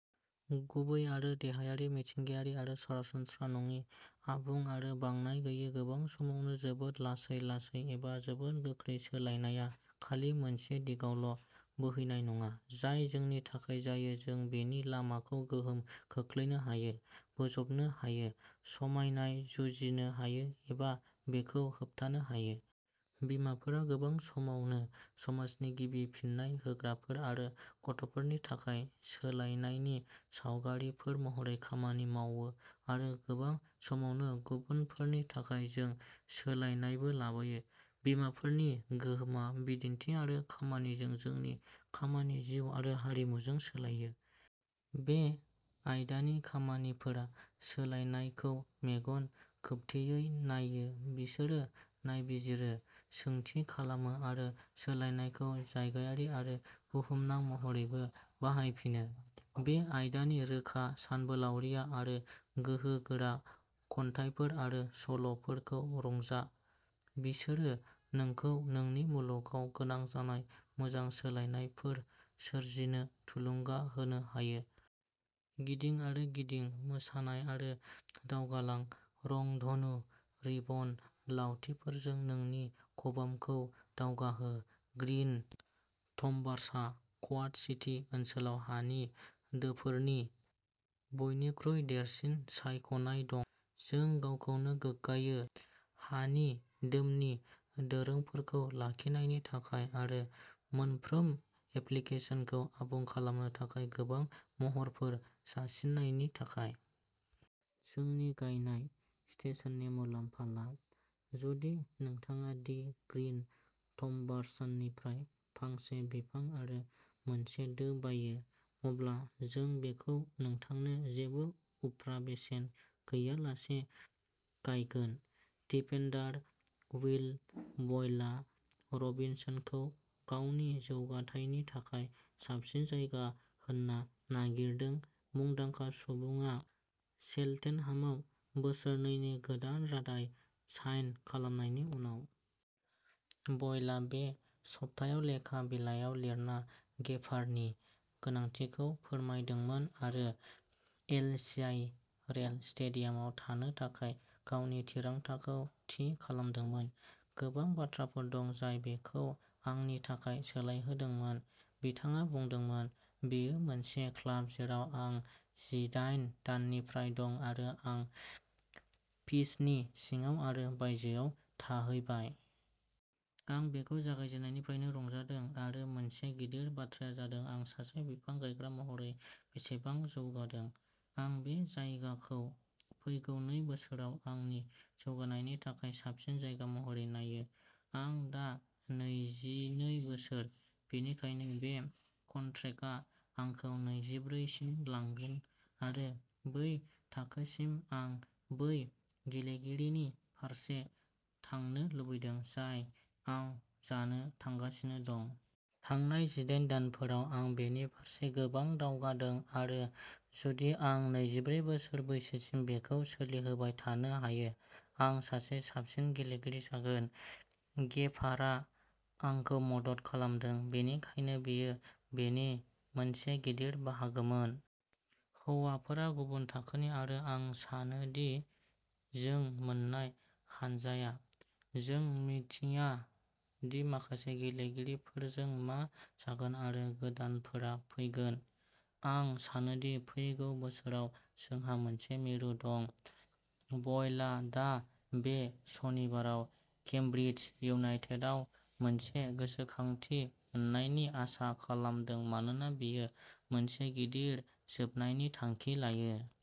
गुबै आरो देहायारि मिथिंगायारि आरो सरासनस्रा नङि, आबुं आरो बांनाय गैयै, गोबां समावनो जोबोद लासै-लासै एबा जोबोद गोख्रै सोलायनायआ खालि मोनसे दिगावल' बोहैनाय नङा, जाय जोंनि थाखाय जायो जों बेनि लामाखौ गोहोम खोख्लैनो हायो, बोजबनो हायो, समायनाय जुजिनो हायो एबा बेखौ होबथानो हायो। बिमाफोरा गोबां समावनो समाजनि गिबि फिन्नाय होग्राफोर आरो गथ'फोरनि थाखाय सोलायनायनि सावरायगिरिफोर महरै खामानि मावो आरो गोबां समावनो गुबुनफोरनि थाखाय जों सोलायनायबो लाबोयो। बिमाफोरनि गोहोमआ बिदिन्थि आरो खामानिजों जोंनि खामानि जिउ आरो आरिमुजों सोलायो। बे आयदानि खामानिफोरा सोलायनायखौ मेगन खोबथेयै नायो बिसोरो नायबिजिरो, सोंथि खालामो आरो सोलायनायखौ जायगायारि आरो बुहुमनां महरैबो बाहायफिनो। बे आयदानि रोखा सानबोलावरियारि आरो गोहोगोरा खन्थाइफोर आरो सल'फोरखौ रंजा। बिसोरो नोंखौ नोंनि मुलुगाव गोनां जानाय मोजां सोलायनायफोर सोरजिनो थुलुंगा होनो हायो। गिदिं आरो गिदिं मोसानाय आरो दावगालां रंधनु रिबन लावथिफोरजों नोंनि खबामखौ दावगाहो। ग्रीन थम्बार्सहा क्वाड सिटी ओनसोलाव हानि दोफोरनि बयनिख्रुइ देरसिन सायख'नाय दं। जों गावखौनो गोग्गायो! हानि दोमनि दोरोंफोरखौ लाखिनायनि थाखाय आरो मोनफ्रोम एप्लिकेसनखौ आबुं खालामनो थाखाय गोबां महरफोर जासिनायनि थाखाय। जोंनि गायनाय स्टेशननि मुलाम्फा ला। जुदि नोंथाङा दि ग्रिन थम्बार्सनिफ्राय फांसे बिफां आरो मोनसे दो बायो, अब्ला जों बेखौ नोंथांनो जेबो उफ्रा बेसेन गैयालासे गायगोन। डिफेन्डार विल बयलआ र'बिन्सखौ गावनि जौगाथायनि थाखाय साबसिन जायगा होनना नारसिनदों मुंदांखा सुबुंआ चेल्टेनहामाव बोसोरनैनि गोदान रादाय साइन खालामनायनि उनाव। बयलआ बे सप्तायाव लेखा बिलाइयाव लिरना गेफारनि गोनांथिखौ फोरमायदोंमोन आरो एलसिआइ रेल स्टेडियामाव थानो थाखाय गावनि थिरांथाखौ थि खालामदोंमोन। गोबां बाथ्राफोर दं जाय बेखौ आंनि थाखाय सोलायहोदोंमोन, बिथाङा बुंदोंमोन। बेयो मोनसे क्लाब जेराव आं जिदायन दाननिफ्राय दं आरो आं पिच्चनि सिङाव आरो बायजोआव थाहैबाय। आं बेखौ जागायजेन्नायनिफ्रायनो रंजादों आरो मोनसे गिदिर बाथ्राया जादों आं सासे बिफां गायग्रा महरै बेसेबां जौगादों। आं बे जायगाखौ फैगौ नै बोसोराव आंनि जौगानायनि थाखाय साबसिन जायगा महरै नायो। आं दा नैजिनै बोसोर, बेनिखायनो बे कन्ट्रेक्टआ आंखौ नैजिब्रै सिम लांगोन आरो बै थाखोसिम आं बै गेलेगिरिनि फारसे थांनो लुबैदों, जाय आं जानो थांगासिनो दं। थांनाय जिदायन दानफोराव आं बेनि फारसे गोबां दावगादों आरो जुदि आं नैजिब्रै बोसोर बैसोसिम बेखौ सोलिहोबाय थानो हायो, आं सासे साबसिन गेलेगिरि जागोन। गेफारआ आंखौ मदद खालामदों, बेनिखायनो बियो बेनि मोनसे गिदिर बाहागोमोन। हौवाफोरा गुबुन थाखोनि आरो आं सानोदि जों मोननाय हानजाया, जों मिथिया दि माखासे गेलेगिरिफोरजों मा जागोन आरो गोदानफोरा फैगोन, आं सानोदि फैगौ बोसोराव जोंहा मोनसे मिरु दं। बयलआ दा बे सनिबाराव केम्ब्रिज इउनाइटेडआव मोनसे गोसोखांथि मोन्नायनि आसा खालामदों मानोना बियो मोनसे गिदिर जोबनायनि थांखि लायो।